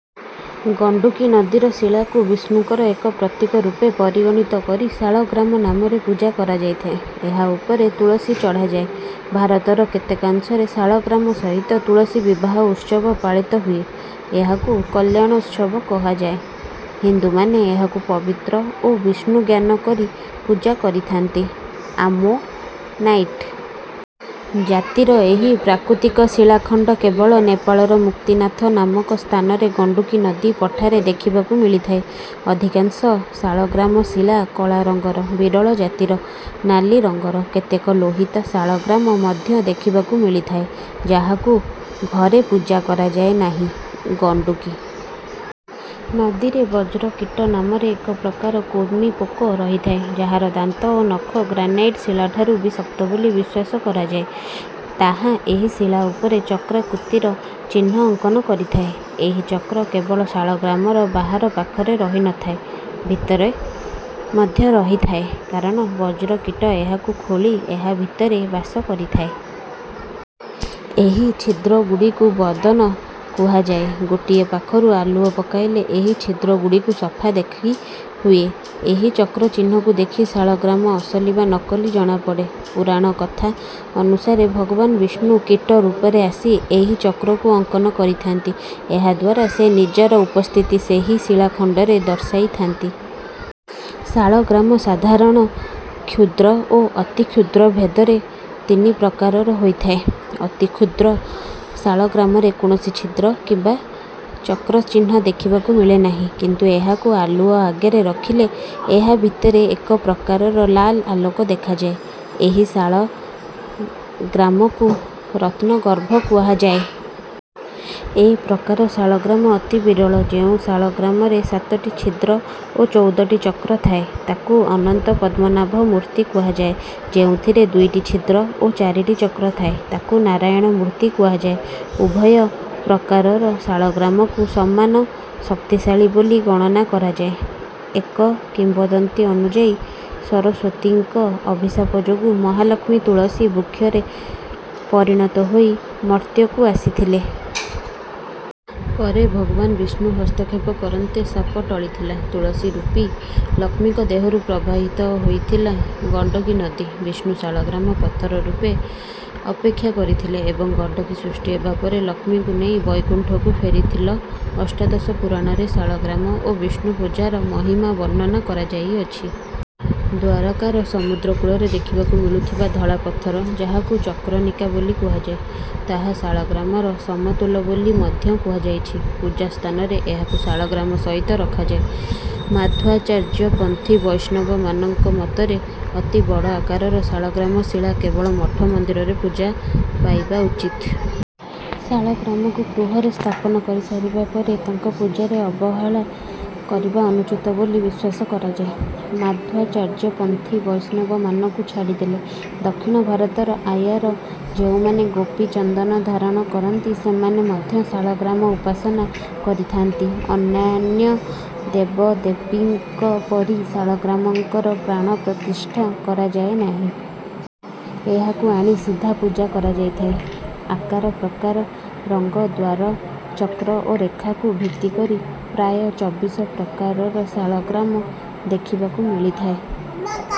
ଗଣ୍ଡୁକୀ ନଦୀର ଶିଳାକୁ ବିଷ୍ଣୁଙ୍କର ଏକ ପ୍ରତୀକ ରୂପେ ପରିଗଣିତ କରି ଶାଳଗ୍ରାମ ନାମରେ ପୂଜା କରାଯାଇଥାଏ। ଏହା ଉପରେ ତୁଳସୀ ଚଢ଼ାଯାଏ। ଭାରତର କେତେକାଂଶରେ ଶାଳଗ୍ରାମ ସହିତ ତୁଳସୀ ବିବାହ ଉତ୍ସବ ପାଳିତ ହୁଏ। ଏହାକୁ କଲ୍ୟାଣୋତ୍ସବ କୁହାଯାଏ। ହିନ୍ଦୁମାନେ ଏହାକୁ ପବିତ୍ର ଓ ବିଷ୍ଣୁ ଜ୍ଞାନ କରି ପୂଜା କରିଥାନ୍ତି। ଆମ୍ମୋନାଇଟ୍ ଜାତିର ଏହି ପ୍ରାକୃତିକ ଶିଳାଖଣ୍ଡ କେବଳ ନେପାଳର ମୁକ୍ତିନାଥ ନାମକ ସ୍ଥାନରେ ଗଣ୍ଡୁକୀ ନଦୀ ପଠାରେ ଦେଖିବାକୁ ମିଳିଥାଏ। ଅଧିକାଂଶ ଶାଳଗ୍ରାମ ଶିଳା କଳା ରଙ୍ଗର। ବିରଳ ଜାତିର ନାଲି ରଙ୍ଗର କେତେକ ଲୋହିତ ଶାଳଗ୍ରାମ ମଧ୍ୟ ଦେଖିବାକୁ ମିଳିଥାଏ, ଯାହାକୁ ଘରେ ପୂଜା କରାଯାଏ ନାହିଁ। ଗଣ୍ଡୁକୀ ନଦୀରେ ବଜ୍ରକୀଟ ନାମରେ ଏକ ପ୍ରକାର କୃମିପୋକ ରହିଥାଏ, ଯାହାର ଦାନ୍ତ ଓ ନଖ ଗ୍ରାନାଇଟ୍ ଶିଳାଠାରୁ ବି ଶକ୍ତ ବୋଲି ବିଶ୍ୱାସ କରାଯାଏ। ତାହା ଏହି ଶିଳା ଉପରେ ଚକ୍ରାକୃତିର ଚିହ୍ନ ଅଙ୍କନ କରିଥାଏ। ଏହି ଚକ୍ର କେବଳ ଶାଳଗ୍ରାମର ବାହାର ପାଖରେ ରହି ନ ଥାଏ, ଭିତରେ ମଧ୍ୟ ରହିଥାଏ କାରଣ ବଜ୍ରକୀଟ ଏହାକୁ ଖୋଳି ଏହା ଭିତରେ ବାସ କରିଥାଏ। ଏହି ଛିଦ୍ରଗୁଡ଼ିକୁ ବଦନ କୁହାଯାଏ। ଗୋଟିଏ ପାଖରୁ ଆଲୁଅ ପକାଇଲେ ଏହି ଛିଦ୍ରଗୁଡ଼ିକୁ ସଫା ଦେଖିହୁଏ। ଏହି ଚକ୍ର ଚିହ୍ନକୁ ଦେଖି ଶାଳଗ୍ରାମ ଅସଲି ବା ନକଲି ଜଣାପଡ଼େ। ପୁରାଣକଥା ଅନୁସାରେ ଭଗବାନ ବିଷ୍ଣୁ କୀଟ ରୂପରେ ଆସି ଏହି ଚକ୍ରକୁ ଅଙ୍କନ କରିଥାନ୍ତି। ଏହାଦ୍ୱାରା ସେ ନିଜର ଉପସ୍ଥିତି ସେହି ଶିଳାଖଣ୍ଡରେ ଦର୍ଶାଇଥାନ୍ତି। ଶାଳଗ୍ରାମ ସାଧାରଣ, କ୍ଷୁଦ୍ର ଓ ଅତିକ୍ଷୁଦ୍ର ଭେଦରେ ତିନି ପ୍ରକାରର ହୋଇଥାଏ। ଅତି କ୍ଷୁଦ୍ର ଶାଳଗ୍ରାମରେ କୌଣସି ଛିଦ୍ର କିମ୍ବା ଚକ୍ର ଚିହ୍ନ ଦେଖିବାକୁ ମିଳେନାହିଁ। କିନ୍ତୁ ଏହାକୁ ଆଲୁଅ ଆଗରେ ରଖିଲେ ଏହା ଭିତରେ ଏକ ପ୍ରକାରର ଲାଲ୍ ଆଲୋକ ଦେଖାଯାଏ। ଏହି ଶାଳଗ୍ରାମକୁ ରତ୍ନଗର୍ଭ କୁହାଯାଏ। ଏ ପ୍ରକାର ଶାଳଗ୍ରାମ ଅତି ବିରଳ। ଯେଉଁ ଶାଳଗ୍ରାମରେ ସାତଟି ଛିଦ୍ର ଓ ଚଉଦଟି ଚକ୍ର ଥାଏ, ତାକୁ ଅନନ୍ତ ପଦ୍ମନାଭ ମୂର୍ତ୍ତି କୁହାଯାଏ। ଯେଉଁଥିରେ ଦୁଇଟି ଛିଦ୍ର ଓ ଚାରିଟି ଚକ୍ର ଥାଏ, ତାକୁ ନାରାୟଣ ମୂର୍ତ୍ତି କୁହାଯାଏ। ଉଭୟ ପ୍ରକାରର ଶାଳଗ୍ରାମକୁ ସମାନ ଶକ୍ତିଶାଳୀ ବୋଲି ଗଣନା କରାଯାଏଏକ କିମ୍ବଦନ୍ତୀ ଅନୁଯାୟୀ ସରସ୍ୱତୀଙ୍କ ଅଭିଶାପ ଯୋଗୁଁ ମହାଲକ୍ଷ୍ମୀ ତୁଳସୀ ବୃକ୍ଷରେ ପରିଣତ ହୋଇ ମର୍ତ୍ତ୍ୟକୁ ଆସିଥିଲେ। ପରେ ଭଗବାନ ବିଷ୍ଣୁ ହସ୍ତକ୍ଷେପ କରନ୍ତେ ଶାପ ଟଳିଥିଲା। ତୁଳସୀ ରୂପୀ ଲକ୍ଷ୍ମୀଙ୍କ ଦେହରୁ ପ୍ରବାହିତ ହୋଇଥିଲା ଗଣ୍ଡକୀ ନଦୀ। ବିଷ୍ଣୁ ଶାଳଗ୍ରାମ ପଥର ରୂପେ ଅପେକ୍ଷା କରିଥିଲେ ଏବଂ ଗଣ୍ଡକୀ ସୃଷ୍ଟି ହେବା ପରେ ଲକ୍ଷ୍ମୀଙ୍କୁ ନେଇ ବୈକୁଣ୍ଠକୁ ଫେରିଥିଲଅଷ୍ଟାଦଶ ପୁରାଣରେ ଶାଳଗ୍ରାମ ଓ ବିଷ୍ଣୁ ପୂଜାର ମହିମା ବର୍ଣ୍ଣନା କରାଯାଇଅଛି। ଦ୍ୱାରକାର ସମୁଦ୍ର କୂଳରେ ଦେଖିବାକୁ ମିଳୁଥିବା ଧଳା ପଥର, ଯାହାକୁ ଚକ୍ରନିକା ବୋଲି କୁହାଯାଏ, ତାହା ଶାଳଗ୍ରାମର ସମତୁଲ ବୋଲି ମଧ୍ୟ କୁହାଯାଇଛି। ପୂଜା ସ୍ଥାନରେ ଏହାକୁ ଶାଳଗ୍ରାମ ସହିତ ରଖାଯାଏ। ମାଧ୍ୱାଚାର୍ଯ୍ୟପନ୍ଥୀ ବୈଷ୍ଣବମାନଙ୍କ ମତରେ ଅତି ବଡ଼ ଆକାରର ଶାଳଗ୍ରାମ ଶିଳା କେବଳ ମଠ ମନ୍ଦିରରେ ପୂଜା ପାଇବା ଉଚିତ। ଶାଳଗ୍ରାମଙ୍କୁ ଗୃହରେ ସ୍ଥାପନ କରିସାରିବା ପରେ ତାଙ୍କ ପୂଜାରେ ଅବହେଳା କରିବା ଅନୁଚିତ ବୋଲି ବିଶ୍ୱାସ କରାଯାଏ। ମାଧ୍ୱାଚାର୍ଯ୍ୟପନ୍ଥୀ ବୈଷ୍ଣବମାନଙ୍କୁ ଛାଡ଼ିଦେଲେ, ଦକ୍ଷିଣ ଭାରତର ଆୟାର ଯେଉଁମାନେ ଗୋପୀଚନ୍ଦନ ଧାରଣ କରନ୍ତି, ସେମାନେ ମଧ୍ୟ ଶାଳଗ୍ରାମଉପାସନା କରିଥାନ୍ତି। ଅନ୍ୟାନ୍ୟ ଦେବଦେବୀଙ୍କ ପରି ଶାଳଗ୍ରାମଙ୍କର ପ୍ରାଣପ୍ରତିଷ୍ଠା କରାଯାଏ ନାହିଁ। ଏହାକୁ ଆଣି ସିଧା ପୂଜା କରାଯାଇଥାଏ। ଆକାର ପ୍ରକାର, ରଙ୍ଗ, ଦ୍ୱାର, ଚକ୍ର ଓ ରେଖାକୁ ଭିତ୍ତି କରି ପ୍ରାୟ ଚବିଶ ପ୍ରକାରର ଶାଳଗ୍ରାମ ଦେଖିବାକୁ ମିଳିଥାଏ।